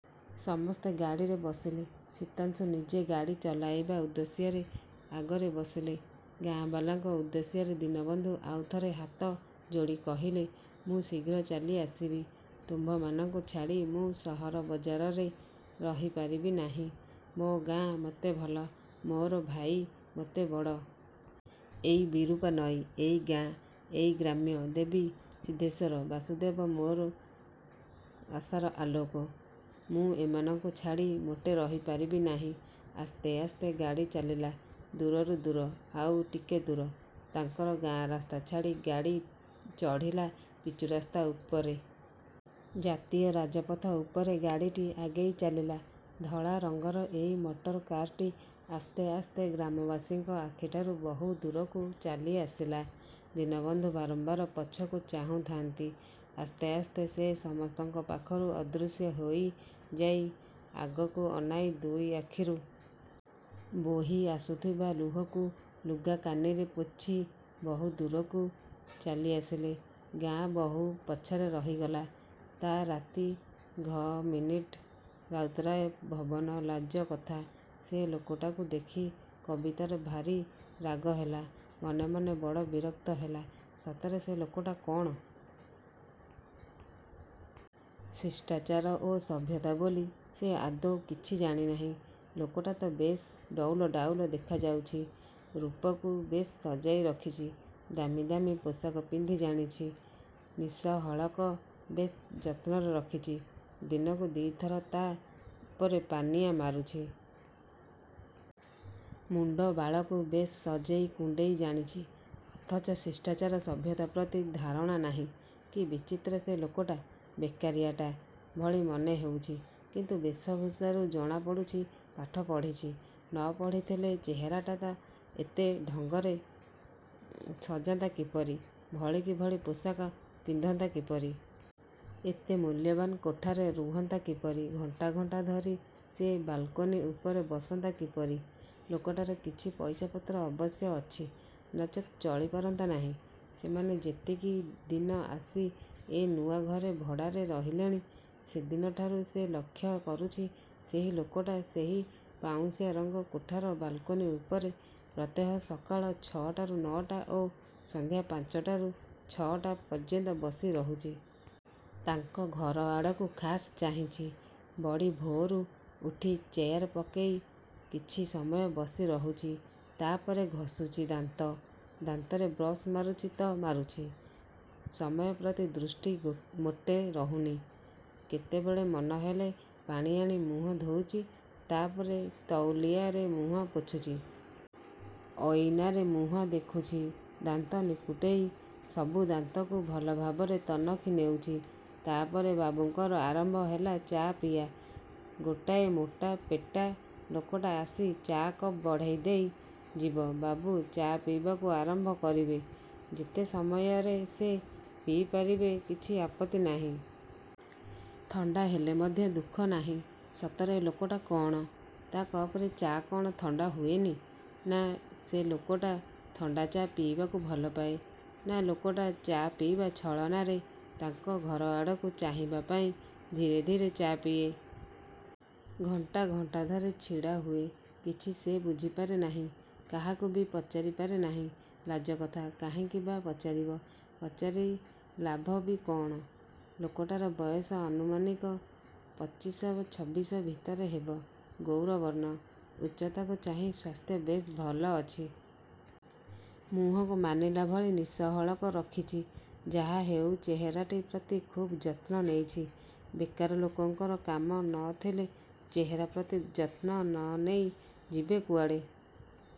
ସମସ୍ତେ ଗାଡ଼ିରେ ବସିଲେ। ଶୀତାଂଶୁ ନିଜେ ଗାଡ଼ି ଚଲାଇବା ଉଦ୍ଦେଶ୍ୟରେ ଆଗରେ ବସିଲେ। ଗାଁବାଲାଙ୍କ ଉଦ୍ଦେଶ୍ୟରେ ଦୀନବନ୍ଧୁ ଆଉଥରେ ହାତ ଯୋଡ଼ି କହିଲେ, ''ମୁଁ ଶୀଘ୍ର ଚାଲି ଆସିବି। ତୁମ୍ଭମାନଙ୍କୁ ଛାଡ଼ି ମୁଁ ସହର ବଜାରରେ ରହିପାରିବି ନାହିଁ। ମୋ ଗାଁ ମୋତେ ଭଲ। ମୋର ଭାଇ ମୋତେ ବଡ଼। ଏଇ ବିରୂପା ନଈ, ଏଇ ଗାଁ, ଏଇ ଗ୍ରାମ୍ୟ ଦେବୀ, ସିଦ୍ଧେଶ୍ୱର ବାସୁଦେବ ମୋର ଆଶାର ଆଲୋକ। ମୁଁ ଏମାନଙ୍କୁ ଛାଡ଼ି ମୋଟେ ରହି ପାରିବି ନାହିଁ। '' ଆସ୍ତେ ଆସ୍ତେ ଗାଡ଼ି ଚାଲିଲା। ଦୂରରୁ ଦୂର, ଆଉ ଟିକେ ଦୂର। ତାଙ୍କର ଗାଁ ରାସ୍ତା ଛାଡ଼ି ଗାଡ଼ି ଚଢ଼ିଲା ପିଚୁ ରାସ୍ତା ଉପରେ। ଜାତୀୟ ରାଜପଥ ଉପରେ ଗାଡ଼ିଟି ଆଗେଇ ଚାଲିଲା। ଧଳା ରଙ୍ଗର ଏଇ ମଟର କାର୍ଟି ଆସ୍ତେ ଆସ୍ତେ ଗ୍ରାମବାସୀଙ୍କ ଆଖିଠାରୁ ବହୁ ଦୂରକୁ ଚାଲିଆସିଲା। ଦୀନବନ୍ଧୁ ବାରମ୍ୱାର ପଛକୁ ଚାହୁଁଥାନ୍ତି। ଆସ୍ତେ ଆସ୍ତେ ସେ ସମସ୍ତଙ୍କ ପାଖରୁ ଅଦୃଶ୍ୟ ହୋଇଯାଇ ଆଗକୁ ଅନାଇ ଦୁଇ ଆଖିରୁ। ବୋହି ଆସୁଥିବା ଲୁହକୁ ଲୁଗାକାନିରେ ପୋଛି ବହୁ ଦୂରକୁ ଚାଲିଆସିଲେ, ଗାଁ ବହୁ ପଛରେ ରହିଗଲା। ତା। ରାତି ଘ ମିନିଟ୍ ରାଉତରାୟ ଭବନ ଲାଜ କଥା ସେ ଲୋକଟାକୁ ଦେଖି କବିତାର ଭାରି ରାଗହେଲା। ମନେ ମନେ ବଡ଼ ବିରକ୍ତ ହେଲା। ସତରେ ସେ ଲୋକଟା କ'ଣ? ଶିଷ୍ଟାଚାର ଓ ସଭ୍ୟତା ବୋଲି ସେ ଆଦୌ କିଛି ଜାଣିନାହିଁ। ଲୋକଟା ତ ବେଶ୍ ଡଉଲ ଡାଉଲ ଦେଖାଯାଉଛି। ରୂପକୁ ବେଶ୍ ସଜାଇ ରଖିଛି। ଦାମି ଦାମି ପୋଷାକ ପିନ୍ଧି ଜାଣିଛି। ନିଶହଳକ ବେଶ୍ ଯତ୍ନରେ ରଖିଛି। ଦିନକୁ ଦି' ଥର ତା' ଉପରେ ପାନିଆ ମାରୁଛି। ମୁଣ୍ଡ ବାଳକୁ ବେଶ୍ ସଜେଇ କୁଣ୍ଡେଇ ଜାଣିଛି। ଅଥଚ ଶିଷ୍ଟାଚାର ସଭ୍ୟତା ପ୍ରତି ଧାରଣା ନାହିଁ। କି ବିଚିତ୍ର ସେ ଲୋକଟା, ବେକାରିଆଟା ଭଳି ମନେ ହେଉଛି। କିନ୍ତୁ ବେଶଭୂଷାରୁ ଜଣାପଡ଼ୁଛି, ପାଠ ପଢ଼ିଛି। ନ ପଢ଼ିଥିଲେ ଚେହେରାଟା ଏତେ ଢଙ୍ଗରେ ସଜାନ୍ତା କିପରି? ଭଳିକି ଭଳି ପୋଷାକ ପିନ୍ଧନ୍ତା କିପରି? ଏତେ ମୂଲ୍ୟବାନ୍ କୋଠାରେ ରୁହନ୍ତା କିପରି? ଘଣ୍ଟା ଘଣ୍ଟା ଧରି ସେ ବାଲକୋନି ଉପରେ ବସନ୍ତା କିପରି? ଲୋକଟାର କିଛି ପଇସାପତ୍ର ଅବଶ୍ୟ ଅଛି। ନଚେତ୍ ଚଳିପାରନ୍ତା ନାହିଁ। ସେମାନେ ଯେତିକି ଦିନ ଆସି ଏ ନୂଆ ଘରେ ଭଡ଼ାରେ ରହିଲେଣି, ସେଦିନଠାରୁ ସେ ଲକ୍ଷ୍ୟ କରୁଛି, ସେହି ଲୋକଟା ସେହି ପାଉଁଶିଆ ରଙ୍ଗ କୋଠାର ବାଲକୋନି ଉପରେ ପ୍ରତ୍ୟେହ ସକାଳ ଛଅଟାରୁ ନଅଟା ଓ ସନ୍ଧ୍ୟା ପାଞ୍ଚଟାରୁ ଛଅଟା ପର୍ଯ୍ୟନ୍ତ ବସି ରହୁଛି। ତାଙ୍କ ଘରଆଡ଼କୁ ଖାସ୍ ଚାହିଁଛି। ବଡ଼ିଭୋରୁ ଉଠି ଚେୟାର ପକେଇ କିଛି ସମୟ ବସି ରହୁଛି। ତା'ପରେ ଘଷୁଛି ଦାନ୍ତ। ଦାନ୍ତରେ ବ୍ରସ୍ ମାରୁଛି ତ ମାରୁଛି। ସମୟ ପ୍ରତି ଦୃଷ୍ଟି ମୋଟେ ରହୁନି। କେତେବେଳେ ମନହେଲେ ପାଣିଆଣି ମୁହଁ ଧୋଉଛି। ତା'ପରେ ତଉଲିଆରେ ମୁହଁ ପୋଛୁଛି। ଅଇନାରେ ମୁହଁ ଦେଖୁଛି। ଦାନ୍ତ ନିକୁଟେଇ ସବୁ ଦାନ୍ତକୁ ଭଲଭାବରେ ତନଖି ନେଉଛି। ତା'ପରେ ବାବୁଙ୍କର ଆରମ୍ଭ ହେଲା ଚା' ପିଆ। ଗୋଟାଏ ମୋଟା ପେଟା ଲୋକଟା ଆସି ଚା' କପ୍ ବଢ଼େଇଦେଇ ଯିବ। ବାବୁ ଚା' ପିଇବାକୁ ଆରମ୍ଭ କରିବେ। ଯେତେ ସମୟରେ ସେ ପିଇପାରିବେ କିଛି ଆପତ୍ତି ନାହିଁ। ଥଣ୍ଡା ହେଲେ ମଧ୍ୟ ଦୁଃଖ ନାହିଁ। ସତରେ ଏ ଲୋକଟା କ'ଣ? ତା' କପରେ ଚା' କ'ଣ ଥଣ୍ଡା ହୁଏନି? ନା, ସେ ଲୋକଟା ଥଣ୍ଡା ଚା' ପିଇବାକୁ ଭଲପାଏ, ନା, ଲୋକଟା ଚା' ପିଇବା ଛଳନାରେ ତାଙ୍କ ଘରଆଡ଼କୁ ଚାହିଁବାପାଇଁ ଧୀରେ ଧୀରେ ଚା' ପିଏ। ଘଣ୍ଟା ଘଣ୍ଟା ଧରି ଛିଡ଼ା ହୁଏ। କିଛି ସେ ବୁଝିପାରେ ନାହିଁ। କାହାକୁ ବି ପଚାରି ପାରେ ନାହିଁ, ଲାଜକଥା। କାହିଁକି ବା ପଚାରିବ? ପଚାରି ଲାଭ ବି କ'ଣ? ଲୋକଟାର ବୟସ ଅନୁମାନିକ ପଚିଶ, ଛବିଶ ଭିତରେ ହେବ। ଗୌର ବର୍ଣ୍ଣ, ଉଚ୍ଚତାକୁ ଚାହିଁ ସ୍ୱାସ୍ଥ୍ୟ ବେଶ୍ ଭଲ ଅଛି। ମୁହଁକୁ ମାନିଲା ଭଳି ନିଶ ହଳକ ରଖିଛି। ଯାହା ହେଉ ଚେହେରାଟି ପ୍ରତି ଖୁବ୍ ଯତ୍ନ ନେଇଛି। ବେକାର ଲୋକଙ୍କର କାମ ନ ଥିଲେ ଚେହେରା ପ୍ରତି ଯତ୍ନ ନ ନେଇ ଯିବେ କୁଆଡ଼େ।